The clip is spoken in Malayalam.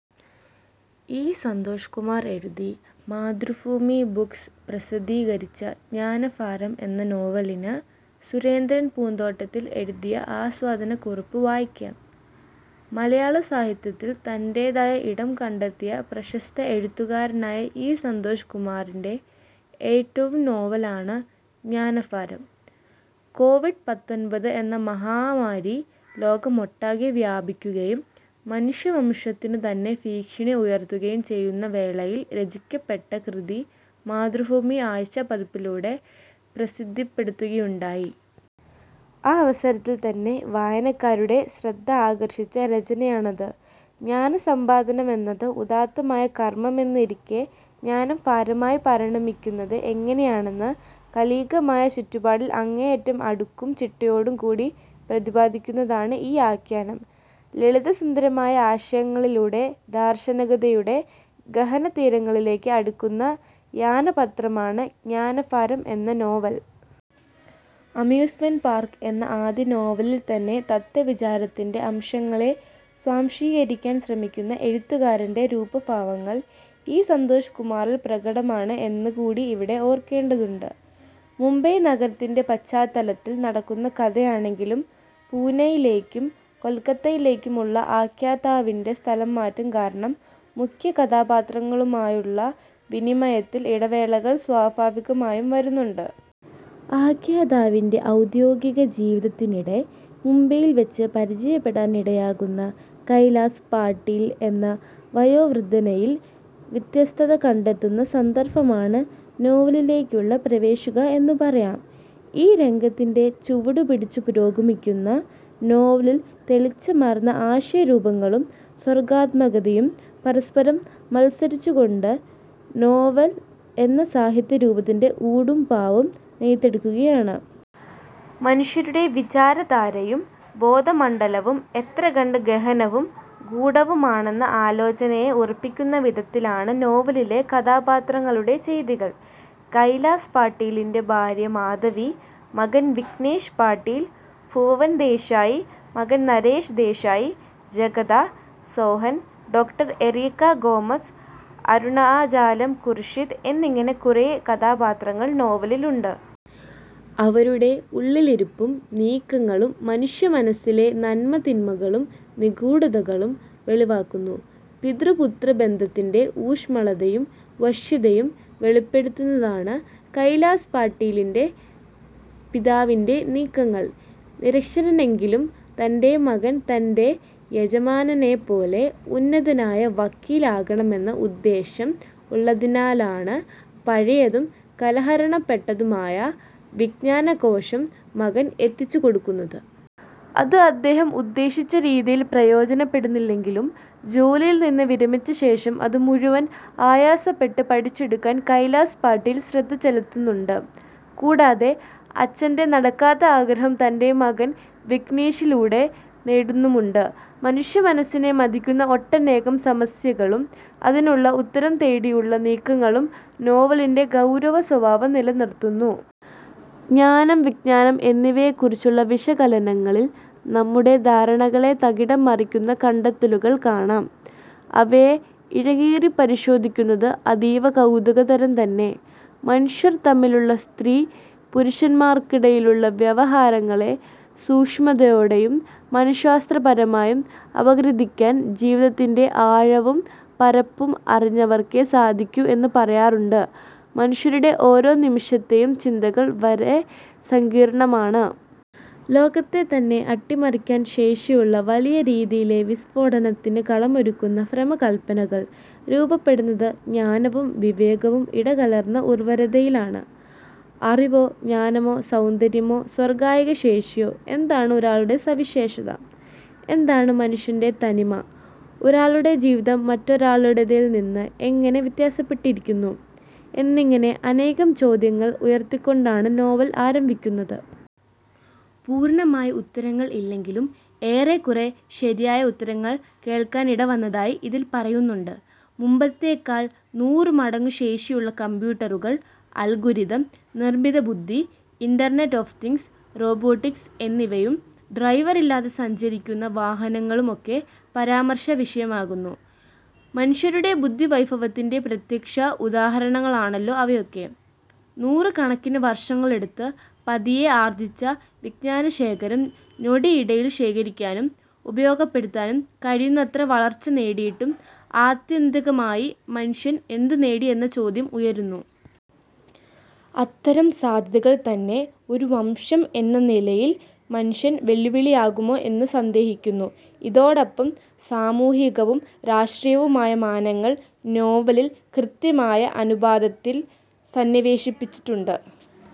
ഇ. സന്തോഷ്കുമാർ എഴുതി മാതൃഭൂമി ബുക്സ് പ്രസിദ്ധീകരിച്ച ' ജ്ഞാനഭാരം ' എന്ന നോവലിന് സുരേന്ദ്രൻ പൂന്തോട്ടത്തിൽ എഴുതിയ ആസ്വാദനക്കുറിപ്പ് വായിക്കാം. മലയാള സാഹിത്യത്തിൽ തന്‍റേതായ ഇടം കണ്ടെത്തിയ പ്രശസ്ത എഴുത്തുകാരനായ ഇ. സന്തോഷ് കുമാറിന്‍റെ ഏറ്റവും നോവലാണ് '' ജ്ഞാനഭാരം ''. കോവിഡ് പത്തൊൻബത്ത് എന്ന മഹാമാരി ലോകമൊട്ടാകെ വ്യാപിക്കുകയും മനുഷ്യവംശത്തിനു തന്നെ ഭീഷണി ഉയർത്തുകയും ചെയ്യുന്ന വേളയിൽ രചിക്കപ്പെട്ട കൃതി മാതൃഭൂമി ആഴ്ചപ്പതിപ്പിലൂടെ പ്രസിദ്ധപ്പെടുത്തുകയുണ്ടായി. ആ അവസരത്തിൽ തന്നെ വായനക്കാരുടെ ശ്രദ്ധ ആകർഷിച്ച രചനയാണത്. ജ്ഞാനസമ്പാദനമെന്നത് ഉദാത്തമായ കർമ്മമെന്നിരിക്കെ ജ്ഞാനം ഭാരമായി പരിണമിക്കുന്നത് എങ്ങനെയെന്ന് കാലികമായ ചുറ്റുപാടിൽ അങ്ങേയറ്റം അടുക്കും ചിട്ടയോടെയും കൂടി പ്രതിപാദിക്കുന്നതാണ് ഈ ആഖ്യാനം. ലളിതസുന്ദരമായ ആശയങ്ങളിലൂടെ ദാർശനികതയുടെ ഗഹനതീരങ്ങളിലേക്ക് അടുക്കുന്ന യാനപാത്രമാണ് ' ജ്ഞാനഭാരം ' എന്ന നോവൽ. ' അമ്യൂസ്മെന്‍റ് പാർക്ക് ' എന്ന ആദ്യനോവലിൽ തന്നെ തത്വവിചാരത്തിന്റെ അംശങ്ങളെ സ്വാംശീകരിക്കാൻ ശ്രമിക്കുന്ന എഴുത്തുകാരന്‍റെ രൂപഭാവങ്ങൾ ഇ. സന്തോഷ്കുമാറിൽ പ്രകടമാണ് എന്ന് കൂടി ഇവിടെ ഓർക്കേണ്ടതുണ്ട്. മുംബൈ നഗരത്തിന്‍റെ പശ്ചാത്തലത്തിൽ നടക്കുന്ന കഥയാണെങ്കിലും പൂനയിലേക്കും കൊൽക്കത്തയിലേക്കും ഉള്ള ആഖ്യാതാവിന്‍റെ സ്ഥലംമാറ്റം കാരണം മുഖ്യകഥാപാത്രവുമായുള്ള വിനിമയത്തിൽ ഇടവേളകൾ സ്വാഭാവികമായും വരുന്നുണ്ട്. ആഖ്യാതാവിന്‍റെ ഔദ്യോഗിക ജീവിതത്തിനിടെ മുംബൈയിൽ വച്ച് പരിചയപ്പെടാൻ ഇടയാകുന്ന കൈലാസ് പാട്ടീൽ എന്ന വയോവൃദ്ധനിൽ വ്യത്യസ്തത കണ്ടെത്തുന്ന സന്ദർഭമാണ് നോവലിലേക്കുള്ള പ്രവേശിക എന്ന് പറയാം. ഈ രംഗത്തിന്‍റെ ചുവടുപിടിച്ചു പുരോഗമിക്കുന്ന നോവലിൽ തെളിച്ചമാർന്ന ആശയരൂപങ്ങളും സർഗാത്മകതയും പരസ്പരം മത്സരിച്ചുകൊണ്ട് ' നോവൽ ' എന്ന സാഹിത്യരൂപത്തിന്റെ ഊടും പാവും നെയ്തെടുക്കുകയാണ്. മനുഷ്യരുടെ വിചാരധാരയും ബോധമണ്ഡലവും എത്രകണ്ട് ഗഹനവും ഗൂഢവുമാണെന്ന ആലോചനയെ ഉറപ്പിക്കുന്നവിധത്തിലാണ് നോവലിലെ കഥാപാത്രങ്ങളുടെ ചെയ്തികൾ. കൈലാസ് പാട്ടീലിന്‍റെ ഭാര്യ മാധവി, മകൻ വിഘ്നേഷ് പാട്ടീൽ, ഭുവൻ ദേശായ്, മകൻ നരേഷ് ദേശായ്, ജഗദ, സോഹൻ, ഡോ. എറീക്ക ഗോമസ് അരുണാചലം ഖുർഷിദ് എന്നിങ്ങനെ കുറെ കഥാപാത്രങ്ങൾ നോവലിലുണ്ട്. അവരുടെ ഉള്ളിലിരിപ്പും നീക്കങ്ങളും മനുഷ്യമനസ്സിലെ നന്മതിന്മകളും നിഗൂഢതകളും വെളിവാക്കുന്നു. പിതൃ-പുത്ര ബന്ധത്തിന്‍റെ ഊഷ്മളതയും വശ്യതയും വെളിപ്പെടുന്നതാണ് കൈലാസ് പാട്ടീലിന്‍റെ പിതാവിന്‍റെ നീക്കങ്ങൾ. നിരക്ഷരനെങ്കിലും തന്‍റെ മകൻ തന്‍റെ യജമാനനെ പോലെ ഉന്നതനായ വക്കീൽ ആകണമെന്ന ഉദ്ദേശ്യം ഉള്ളതിനാലാണ് പഴയതും കലഹരണപ്പെട്ടതും ആയ വിജ്ഞാനകോശം മകൻ എത്തിച്ചു കൊടുക്കുന്നത്. അത് അദ്ദേഹം ഉദ്ദേശിച്ച രീതിയിൽ പ്രയോജനപ്പെടുന്നില്ലെങ്കിലും, ജോലിയിൽ നിന്ന് വിരമിച്ച ശേഷം അതു മുഴുവൻ ആയാസപ്പെട്ട് പഠിച്ചെടുക്കാൻ കൈലാസ് പാട്ടീൽ ശ്രദ്ധ ചെലുത്തുന്നുണ്ട്. കൂടാതെ അച്ഛന്‍റെ നടക്കാത്ത ആഗ്രഹം തന്‍റെ മകൻ വിഘ്നേഷിലൂടെ നേടുന്നുമുണ്ട്. മനുഷ്യമനസ്സിനെ മഥിക്കുന്ന ഒട്ടനേകം സമസ്യകളും അതിനുള്ള ഉത്തരം തേടിയുള്ള നീക്കങ്ങളും നോവലിന്‍റെ ഗൗരവസ്വഭാവം നിലനിർത്തുന്നു. ജ്ഞാനം വിജ്ഞാനം എന്നിവയെ കുറിച്ചുള്ള വിശകലനങ്ങളിൽ നമ്മുടെ ധാരണകളെ തകിടം മറിക്കുന്ന കണ്ടെത്തലുകൾ കാണാം. അവയെ ഇഴകീറി പരിശോധിക്കുന്നത് അതീവ കൗതുകതരം തന്നെ. മനുഷ്യർ തമ്മിലുള്ള -സ്ത്രീ, പുരുഷന്മാർക്കിടയിലുള്ള- വ്യവഹാരങ്ങളെ സൂക്ഷ്മതയോടെയും മന:ശാസ്ത്രപരമായും അപഗ്രഥിക്കാൻ ജീവിതത്തിന്‍റെ ആഴവും പരപ്പും അറിഞ്ഞവർക്കേ സാധിക്കൂ എന്ന് പറയാറുണ്ട്. മനുഷ്യരുടെ ഓരോ നിമിഷത്തെയും ചിന്തകൾ വരെ സങ്കീർണമാണ്. ലോകത്തെ തന്നെ അട്ടിമറിക്കാൻ ശേഷിയുള്ള, വലിയ രീതിയിലെ വിസ്ഫോടനത്തിനു കളമൊരുക്കുന്ന ഭ്രമകല്പനകൾ രൂപപ്പെടുന്നത് ജ്ഞാനവും വിവേകവും ഇടകലർന്ന ഉർവ്വരതയിലാണ്. അറിവോ ജ്ഞാനമോ സൗന്ദര്യമോ സർഗ്ഗകായികശേഷിയോ എന്താണ് ഒരാളുടെ സവിശേഷത? എന്താണ് മനുഷ്യന്‍റെ തനിമ? ഒരാളുടെ ജീവിതം മറ്റൊരാളുടേതിൽനിന്ന് എങ്ങനെ വ്യത്യാസപ്പെട്ടിരിക്കുന്നു? എന്നിങ്ങനെ അനേകം ചോദ്യങ്ങൾ ഉയർത്തിക്കൊണ്ടാണ് നോവൽ ആരംഭിക്കുന്നത്. പൂർണ്ണമായ ഉത്തരങ്ങൾ ഇല്ലെങ്കിലും ഏറെക്കുറെ ശരിയായ ഉത്തരം കേൾക്കാനിടവന്നതായി ഇതിൽ പറയുന്നുണ്ട്. മുമ്പത്തേക്കാൾ നൂറു മടങ്ങു ശേഷിയുള്ള കമ്പൂട്ടറുകൾ, അൽഗോരിതം, നിർമ്മിതബുദ്ധി, ഇന്റർനെറ്റ് ഓഫ് തിങ്ങ്സ്, റോബോട്ടിക്സ് എന്നിവയും ഡ്രൈവറില്ലാതെ സഞ്ചരിക്കുന്ന വാഹനങ്ങളും ഒക്കെ പരാമർശ വിഷയമാകുന്നു. മനുഷ്യരുടെ ബുദ്ധിവൈഭവത്തിന്റെ പ്രത്യക്ഷ ഉദാഹരണങ്ങളാണല്ലോ അവയൊക്കെ. നൂറുകണക്കിന് വർഷങ്ങളെടുത്ത് പതിയെ ആർജ്ജിച്ച വിജ്ഞാനശേഖരം നൊടിയിടയിൽ ശേഖരിക്കാനും ഉപയോഗപ്പെടുത്താനും കഴിയുന്നത്ര വളർച്ച നേടിയിട്ടും ആത്യന്തികമായി മനുഷ്യൻ എന്തുനേടി എന്ന ചോദ്യം ഉയരുന്നു. അത്തരം സാധ്യതകൾ തന്നെ ഒരു വംശം എന്ന നിലയിൽ മനുഷ്യൻ വെല്ലുവിളിയാകുമോ എന്നും സന്ദേഹിക്കുന്നു. ഇതോടൊപ്പം സാമൂഹികവും രാഷ്ട്രീയവുമായ മാനങ്ങൾ നോവലിൽ കൃത്യമായ അനുപാതത്തിൽ സന്നിവേശിപ്പിച്ചിട്ടുണ്ട്.